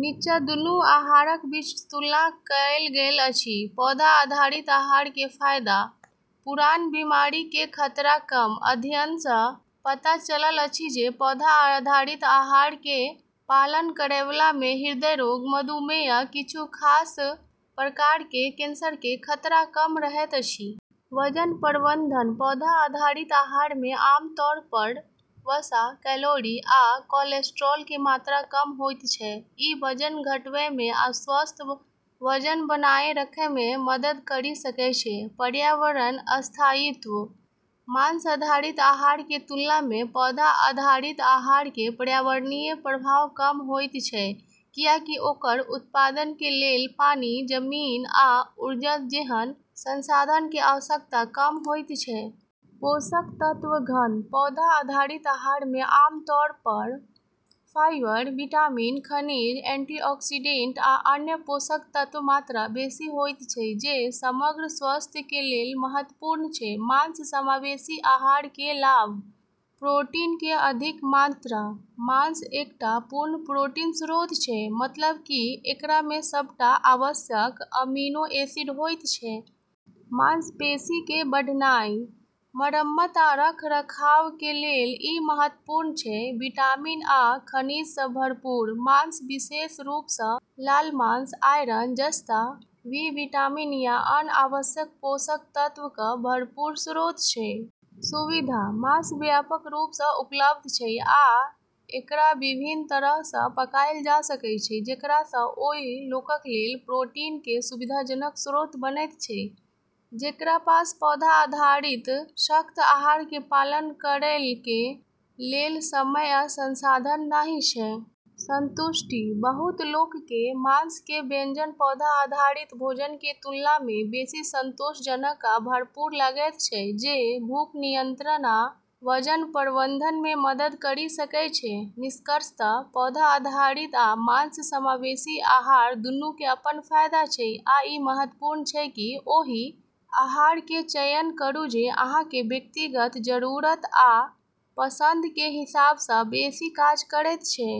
निच्चाँ दुन्नू आहारक बीच तुलना कयल गेल अछि। पौधा आधारित आहारके फाइदा: पुरान बिमारिके खतरा कम: अध्ययनसँ पता चलल अछि जे पौधा आधारित आहारके पालन करयबलामे हृदय रोग, मधुमेह, आ किछु खास प्रकारके कैंसरके खतरा कम रहैत अछि। वजन प्रबंधन: पौधा आधारित आहारमे आमतौर पर वसा, कैलोरी, आ कोलेस्ट्रॉलके मात्रा कम होइत छै। ई वजन घटबैमे या स्वस्थ वजन बनाए रखैमे मदद करि सकै छै। पर्यावरण स्थायित्व: मांस आधारित आहारके तुलनामे पौधा आधारित आहारके पर्यावरणीय प्रभाव कम होइत छै, कियाकि ओकर उत्पादनके लेल पानि, जमीन आ ऊर्जा जेहन संसाधनके आवश्यकता कम होइत छै । पोषक तत्व-घन: पौधा आधारित आहारमे आमतौर पर फाइबर, विटामिन, खनिज, एंटीऑक्सीडेंट, आ अन्य पोषक तत्वक मात्रा बेशी होइत छै जे समग्र स्वास्थ्यके लेल महत्वपूर्ण छै । मांस समावेशी आहारके लाभ: प्रोटीनके अधिक मात्रा: मांस एकटा पूर्ण प्रोटीन स्रोत छै, मतलब कि एकरामे सबटा आवश्यक अमीनो एसिड होइत छै. मांसपेशीके बढ़नाइ, मरम्मत आ रखरखावके लेल ई महत्वपूर्ण छै । विटामिन आ खनिजसँ भरपूर: मांस, विशेष रूपसँ लाल मांस, आयरन, जस्ता, बी विटामिन, आ अन्य आवश्यक पोषक तत्वक भरपूर स्रोत छै । सुविधा: मांस व्यापक रूपसँ उपलब्ध छै आ एकरा विभिन्न तरहसँ पकाएल जा सकै छै, जेकरासँ ओइ लोकक लेल प्रोटीनके सुविधाजनक स्रोत बनैत छै, जेकरा पास पौधा आधारित सख्त आहारके पालन करैके लेल समय या संसाधन नहि छै । संतुष्टि: बहुत लोकके मांसके व्यंजन पौधा आधारित भोजनके तुलनामे बेशी संतोषजनक आ भरपूर लगैत छै, जे भूख नियंत्रण आ वजन प्रबंधनमे मदद करि सकै छै । निष्कर्षतः, पौधा आधारित आ मांस-समावेशी आहार दुन्नुके अपन फाइदा छै, आ ई महत्वपूर्ण छै कि ओहि आहारके चयन करू जे अहाँके व्यक्तिगत जरूरत आ पसंदके हिसाबसँ बेशी काज करैत छै।